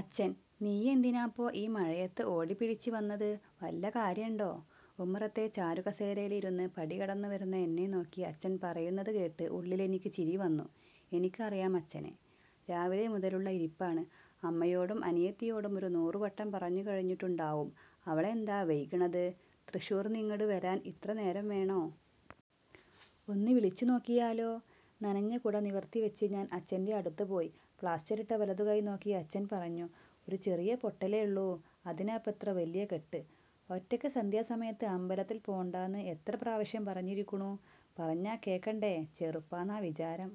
അച്ഛൻ ' നീയെന്തിനാപ്പോ ഈ മഴയത്ത് ഓടിപിടിച്ച് വന്നത് വല്ല കാര്യണ്ടോ. ' ഉമ്മറത്തെ ചാരുകസേരയിലിരുന്ന് പടി കടന്നു വരുന്ന എന്നെ നോക്കി അച്ഛൻ പറയുന്നത് കേട്ട് ഉള്ളിലെനിക്ക് ചിരി വന്നു. എനിക്കറിയാം അച്ഛനെ. രാവിലെ മുതലുള്ള ഇരിപ്പാണ്. അമ്മയോടും അനിയത്തിയോടും ഒരു നൂറു വട്ടം പറഞ്ഞു കഴിഞ്ഞിട്ടുണ്ടാവും ' അവളെന്താ വൈകണത് തൃശ്ശൂർന്നിങ്ങട് വരാൻ ഇത്ര നേരം വേണോ. ഒന്ന് വിളിച്ചു നോക്കിയാലോ. ' നനഞ്ഞ കുട നിവർത്തി വെച്ച് ഞാൻ അച്ഛന്‍റെ അടുത്ത് പോയി. പ്ലാസ്റ്ററിട്ട വലതു കൈ നോക്കി അച്ഛൻ പറഞ്ഞു. ' ഒരു ചെറിയ പൊട്ടലേ ള്ളൂ അതിനാപ്പൊത്ര വല്യ കെട്ട് ' ഒറ്റക്ക് സന്ധ്യാ സമയത്ത് അമ്പലത്തിൽ പോണ്ടാന്ന് എത്ര പ്രാവശ്യം പറഞ്ഞിരിക്കുണു പറഞ്ഞാ കേക്കണ്ടേ ചെറുപ്പാന്നാ വിചാരം.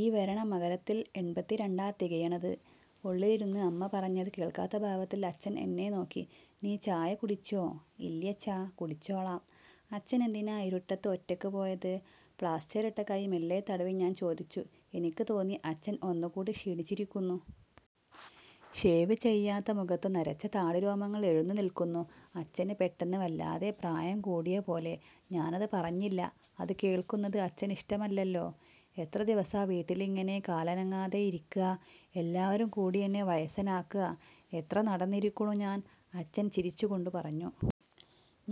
ഈ വരണ മകരത്തില്‍ എൺപത്തിരണ്ടാ തികയണത്. ' ഉള്ളിലിരുന്ന് അമ്മ പറഞ്ഞത് കേൾക്കാത്ത ഭാവത്തിൽ അച്ഛൻ എന്നെ നോക്കി. ' നീ ചായ കുടിച്ചോ? ' ഇല്ല്യച്ഛാ കുടിച്ചോളാം അച്ഛെനെന്തിനാ ഇരുട്ടത്ത് ഒറ്റക്ക് പോയത് '' പ്ലാസ്റ്ററിട്ട കൈ മെല്ലെ തടവി ഞാൻ ചോദിച്ചു എനിക്ക് തോന്നി അച്ഛൻ ഒന്ന് കൂടി ക്ഷീണിച്ചിരിക്കുന്നു. ഷേവ് ചെയ്യാത്ത മുഖത്തു നരച്ച താടിരോമങ്ങൾ എഴുന്നു നിൽക്കുന്നു അച്ഛന് പെട്ടെന്ന് വല്ലാതെ പ്രായം കൂടിയ പോലെ. ഞാനത് പറഞ്ഞില്ല അത് കേൾക്കുന്നത് അച്ഛനിഷ്ടമല്ലല്ലോ ' എത്ര ദിവസാ വീട്ടിലിങ്ങനെ കാലനങ്ങാതെ ഇരിക്കാ. എല്ലാവരും കൂടിയെന്നെ വയസ്സനാക്കാ. എത്ര നടന്നിരിക്കുണു ഞാൻ ' അച്ഛൻ ചിരിച്ചു കൊണ്ട് പറഞ്ഞു.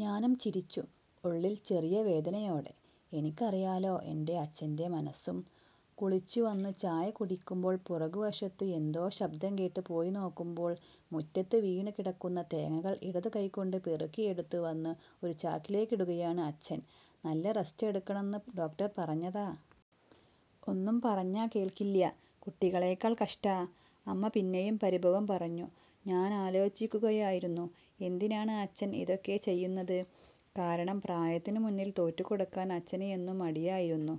ഞാനും ചിരിച്ചു. ഉള്ളിൽ ചെറിയ വേദനയോടെ. എനിക്കറിയാലോ എന്‍റെ അച്ഛന്‍റെ മനസ്സും. കുളിച്ചു വന്നു ചായ കുടിക്കുമ്പോൾ പുറകു വശത്തു എന്തോ ശബ്ദം കേട്ട് പോയി നോക്കുമ്പോൾ മുറ്റത്ത് വീണു കിടക്കുന്ന തേങ്ങകൾ ഇടതു കൈ കൊണ്ട് പെറുക്കിയെടുത്തു വന്നു ഒരു ചാക്കിലേക്കിടുകയാണ് അച്ഛൻ ' നല്ല റസ്റ്റ് എടുക്കണംന്ന് ഡോക്ടർ പറഞ്ഞതാ. ഒന്നും പറഞ്ഞാ കേൾക്കില്ല്യ കുട്ടികളെക്കാൾ കഷ്ടാ. ' അമ്മ പിന്നെയും പരിഭവം പറഞ്ഞു. ഞാനാലോചിക്കുകയായിരുന്നു. എന്തിനാണ് അച്ഛൻ ഇതൊക്കെ ചെയ്യുന്നത് കാരണം പ്രായത്തിനു മുന്നിൽ തോറ്റു കൊടുക്കാൻ അച്ഛന് എന്നും മടിയായിരുന്നു.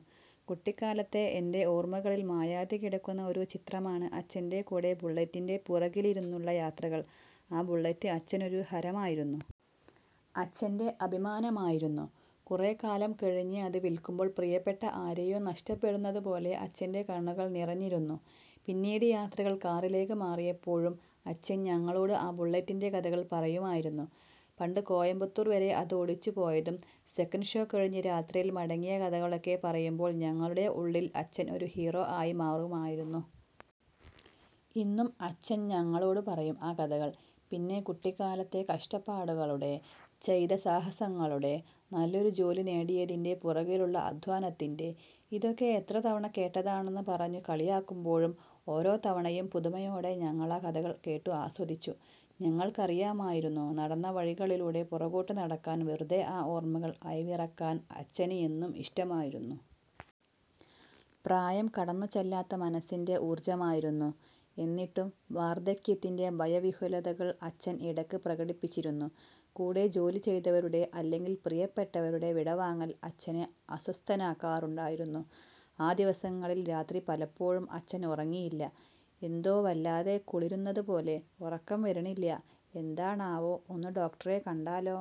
കുട്ടിക്കാലത്തെ എന്‍റെ ഓർമകളിൽ മായാതെ കിടക്കുന്ന ഒരു ചിത്രമാണ് അച്ഛന്‍റെ കൂടെ ബുള്ളറ്റിന്റെ പുറകിലിരുന്നുള്ള യാത്രകൾ ആ ബുള്ളറ്റ് അച്ഛനൊരു ഹരമായിരുന്നു. അച്ഛന്‍റെ അഭിമാനമായിരുന്നു. കുറെ കാലം കഴിഞ്ഞ് അത് വിൽക്കുമ്പോൾ പ്രിയപ്പെട്ട ആരെയോ നഷ്ടപ്പെടുന്നതു പോലെ അച്ഛന്റെ കണ്ണുകൾ നിറഞ്ഞിരുന്നു പിന്നീട് യാത്രകൾ കാറിലേക്ക് മാറിയപ്പോഴും അച്ഛൻ ഞങ്ങളോട് ആ ബുള്ളറ്റിന്റെ കഥകൾ പറയുമായിരുന്നു. പണ്ട് കോയമ്പത്തൂർ വരെ അതോടിച്ചു പോയതും സെക്കന്‍റ് ഷോ കഴിഞ്ഞു രാത്രിയിൽ മടങ്ങിയ കഥകളൊക്കെ പറയുമ്പോൾ ഞങ്ങളുടെ ഉള്ളിൽ അച്ഛൻ ഒരു ഹീറോ ആയി മാറുമായിരുന്നു. ഇന്നും അച്ഛൻ ഞങ്ങളോട് പറയും ആ കഥകൾ. പിന്നെ കുട്ടിക്കാലത്തെ കഷ്ടപ്പാടുകളുടെ, ചെയ്ത സാഹസങ്ങളുടെ, നല്ലൊരു ജോലി നേടിയതിന്‍റെ പുറകിലുള്ള അദ്ധ്വാനത്തിന്‍റെ ' ഇതൊക്കെ എത്ര തവണ കേട്ടതാ'ണെന്ന് പറഞ്ഞു കളിയാക്കുമ്പോഴും ഓരോ തവണയും പുതുമയോടെ ഞങ്ങളാ കഥകൾ കേട്ടു ആസ്വദിച്ചു ഞങ്ങൾക്കറിയാമായിരുന്നു നടന്ന വഴികളിലൂടെ പുറകോട്ടു നടക്കാൻ വെറുതെ ആ ഓർമ്മകൾ അയവിറക്കാൻ അച്ഛന് എന്നും ഇഷ്ടമായിരുന്നു. പ്രായം കടന്നു ചെല്ലാത്ത മനസ്സിന്‍റെ ഊർജ്ജമായിരുന്നു. എന്നിട്ടും വാർദ്ധക്യത്തിന്റെ ഭയവിഹ്വലതകൾ അച്ഛൻ ഇടക്ക് പ്രകടിപ്പിച്ചിരുന്നു. കൂടെ ജോലി ചെയ്തവരുടെ അല്ലെങ്കിൽ പ്രിയപ്പെട്ടവരുടെ വിടവാങ്ങൽ അച്ഛനെ അസ്വസ്ഥനാക്കാറുണ്ടായിരുന്നു ആ ദിവസങ്ങളിൽ രാത്രി പലപ്പോഴും അച്ഛൻ ഉറങ്ങിയില്ല ' എന്തോ വല്ലാതെ കുളിരുന്നതു പോലെ ഉറക്കം വരിണില്യ എന്താണാവോ ഒന്ന് ഡോക്ടറെ കണ്ടാലോ.